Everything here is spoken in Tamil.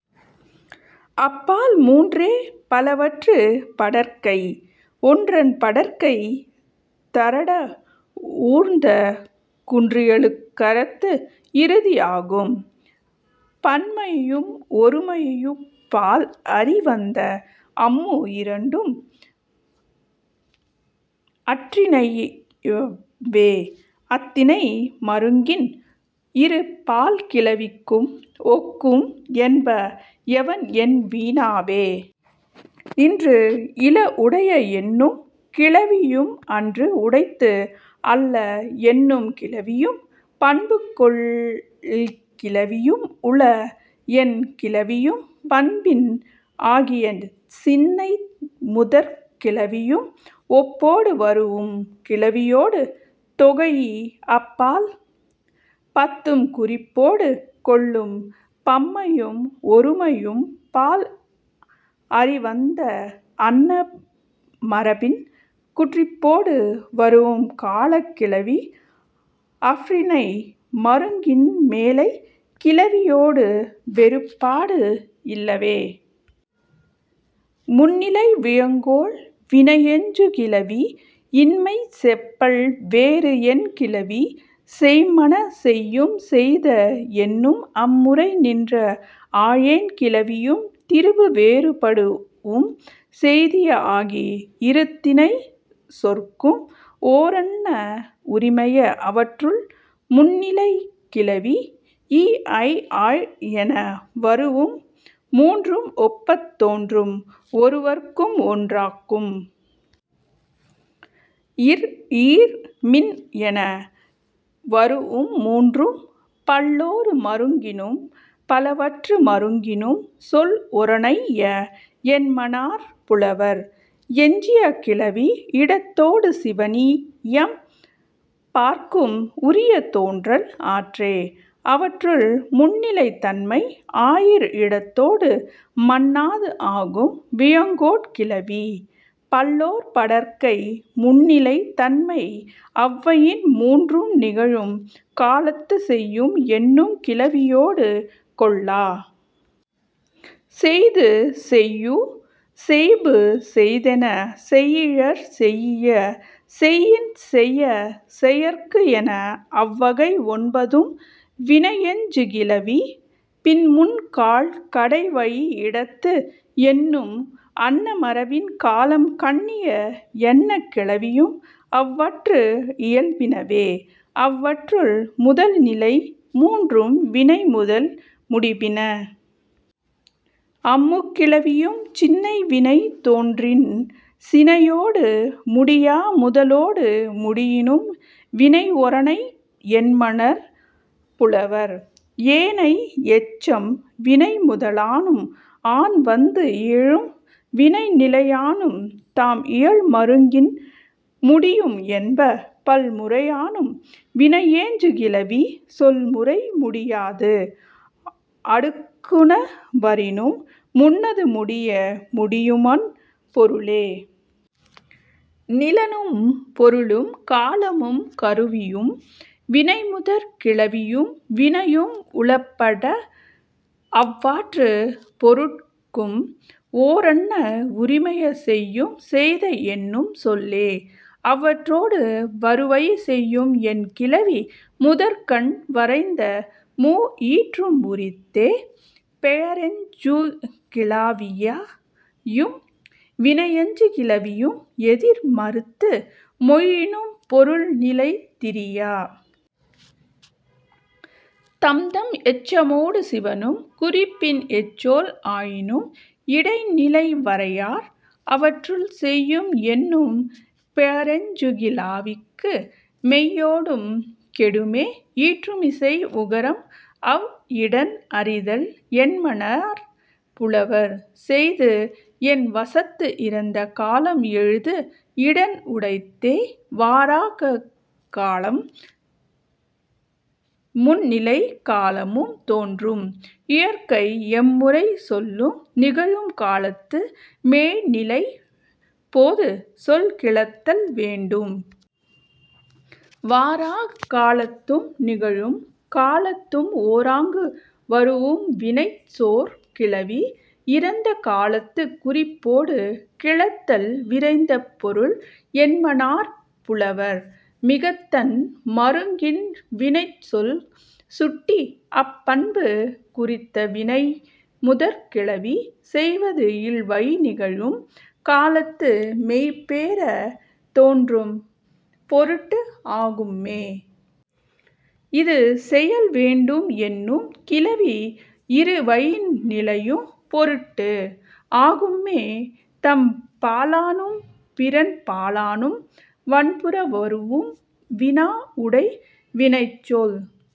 அப் பால் மூன்றே பலவற்றுப் படர்க்கை. ஒன்றன் படர்க்கை த ற ட ஊர்ந்த குன்றியலுகரத்து இறுதி ஆகும். பன்மையும் ஒருமையும் பால் அறி வந்த அம் மூ இரண்டும் அஃறிணையவ்வே. அத் திணை மருங்கின் இரு பால் கிளவிக்கும் ஒக்கும் என்ப எவன் என் வினாவே. இன்று இல உடைய என்னும் கிளவியும் அன்று உடைத்து அல்ல என்னும் கிளவியும் பண்பு கொள் கிளவியும் உள என் கிளவியும் பண்பின் ஆகிய சினைமுதற் கிளவியும் ஒப்பொடு வரூஉம் கிளவியொடு தொகைஇ அப் பால் பத்தும் குறிப்பொடு கொள்ளும். பன்மையும் ஒருமையும் பால் அறி வந்த அன்ன மரபின் குறிப்பொடு வரூஉம் காலக் கிளவி அஃறிணை மருங்கின் மேலைக் கிளவியொடு வேறுபாடு இலவே. முன்னிலை வியங்கோள் வினையெஞ்சுகிளவி இன்மை செப்பல் வேறு என் கிளவி செய்ம்மன செய்யும் செய்த என்னும் அம் முறை நின்ற ஆயெண் கிளவியும் திரிபு வேறுபடூஉம் செய்திய ஆகி இரு திணைச் சொற்கும் ஓரன்ன உரிமைய. அவற்றுள், முன்னிலைக் கிளவி இ ஐ ஆய் என வரூஉம் மூன்றும் ஒப்பத் தோன்றும் ஒருவர்க்கும் ஒன்றற்கும். இர் ஈர் மின் என வரூஉம் மூன்றும் பல்லோர் மருங்கினும் பலவற்று மருங்கினும் சொல் ஓரனைய என்மனார் புலவர். எஞ்சிய கிளவி இடத்தொடு சிவணி ஐம் பாற்கும் உரிய தோன்றல் ஆறே. அவற்றுள், முன்னிலை தன்மை ஆயீர் இடத்தொடு மன்னாது ஆகும் வியங்கோட் கிளவி. பல்லோர் படர்க்கை முன்னிலை தன்மை அவ் வயின் மூன்றும் நிகழும் காலத்துச் செய்யும் என்னும் கிளவியொடு கொள்ளா. செய்து செய்யூ செய்பு செய்தென செய்யியர் செய்யிய செயின் செய செயற்கு என அவ் வகை ஒன்பதும் வினையெஞ்சுகிளவி. பின் முன் கால் கடை வழி இடத்து என்னும் அன்ன மரபின் காலம் கண்ணிய என்ன கிளவியும் அவற்று இயல்பினவே. அவற்றுள், முதல் நிலை மூன்றும் வினைமுதல் முடிபின. அம் முக் கிளவியும் சினை வினை தோன்றின் சினையொடு முடியா முதலொடு முடியினும் வினை ஓரனைய என்மனார் புலவர். ஏனை எச்சம் வினைமுதலானும் ஆன் வந்து இயையும் வினைநிலையானும் தாம் இயல் மருங்கின் முடியும் என்ப. பல் முறையானும் வினையெஞ்சுகிளவி சொல் முறை முடியாது அடுக்குந வரினும் முன்னது முடிய முடியுமன் பொருளே. நிலனும் பொருளும் காலமும் கருவியும் வினைமுதற் கிளவியும் வினையும் உளப்பட அவ் அறு பொருட்கும் ஓரன்ன உரிமைய செய்யும் செய்த என்னும் சொல்லே. அவற்றொடு வரு வழி செய்யும் என் கிளவி முதற்கண் வரைந்த மூ ஈற்றும் உரித்தே. பெயரெஞ்சுகிளவியும் வினையெஞ்சுகிளவியும் எதிர் மறுத்து மொழியினும் பொருள் நிலை திரியா. தம்தம் எச்சமொடு சிவணும் குறிப்பின் எச் சொல் ஆயினும் இடைநிலை வரையார். அவற்றுள், செய்யும் என்னும் பெயரெஞ்சுகிளவிக்கு மெய்யொடும் கெடுமே ஈற்றுமிசை உகரம் அவ் இடன் அறிதல் என்மனார் புலவர். செய்து என் எச்சத்து இறந்த காலம் எய்து இடன் உடைத்தே வாராக் காலம். முந் நிலைக் காலமும் தோன்றும் இயற்கை எம் முறைச் சொல்லும் நிகழும் காலத்து மெய்ந் நிலைப் பொதுச் சொல் கிளத்தல் வேண்டும். வாராக் காலத்தும் நிகழும் காலத்தும் ஓராங்கு வரூஉம் வினைச்சொற் கிளவி இறந்த காலத்துக் குறிப்பொடு கிளத்தல் விரைந்த பொருள என்மனார் புலவர். மிக்கதன் மருங்கின் வினைச்சொல் சுட்டி அப் பண்பு குறித்த வினைமுதற் கிளவி செய்வது இல் வழி நிகழும் காலத்து மெய் பெறத் தோன்றும் பொருட்டு ஆகும்மே. இது செயல் வேண்டும் என்னும் கிளவி இரு வயின் நிலையும் பொருட்டு ஆகும்மே தன் பாலானும் பிறன் பாலானும். வன்புற வரூஉம் வினா உடை வினைச்சொல்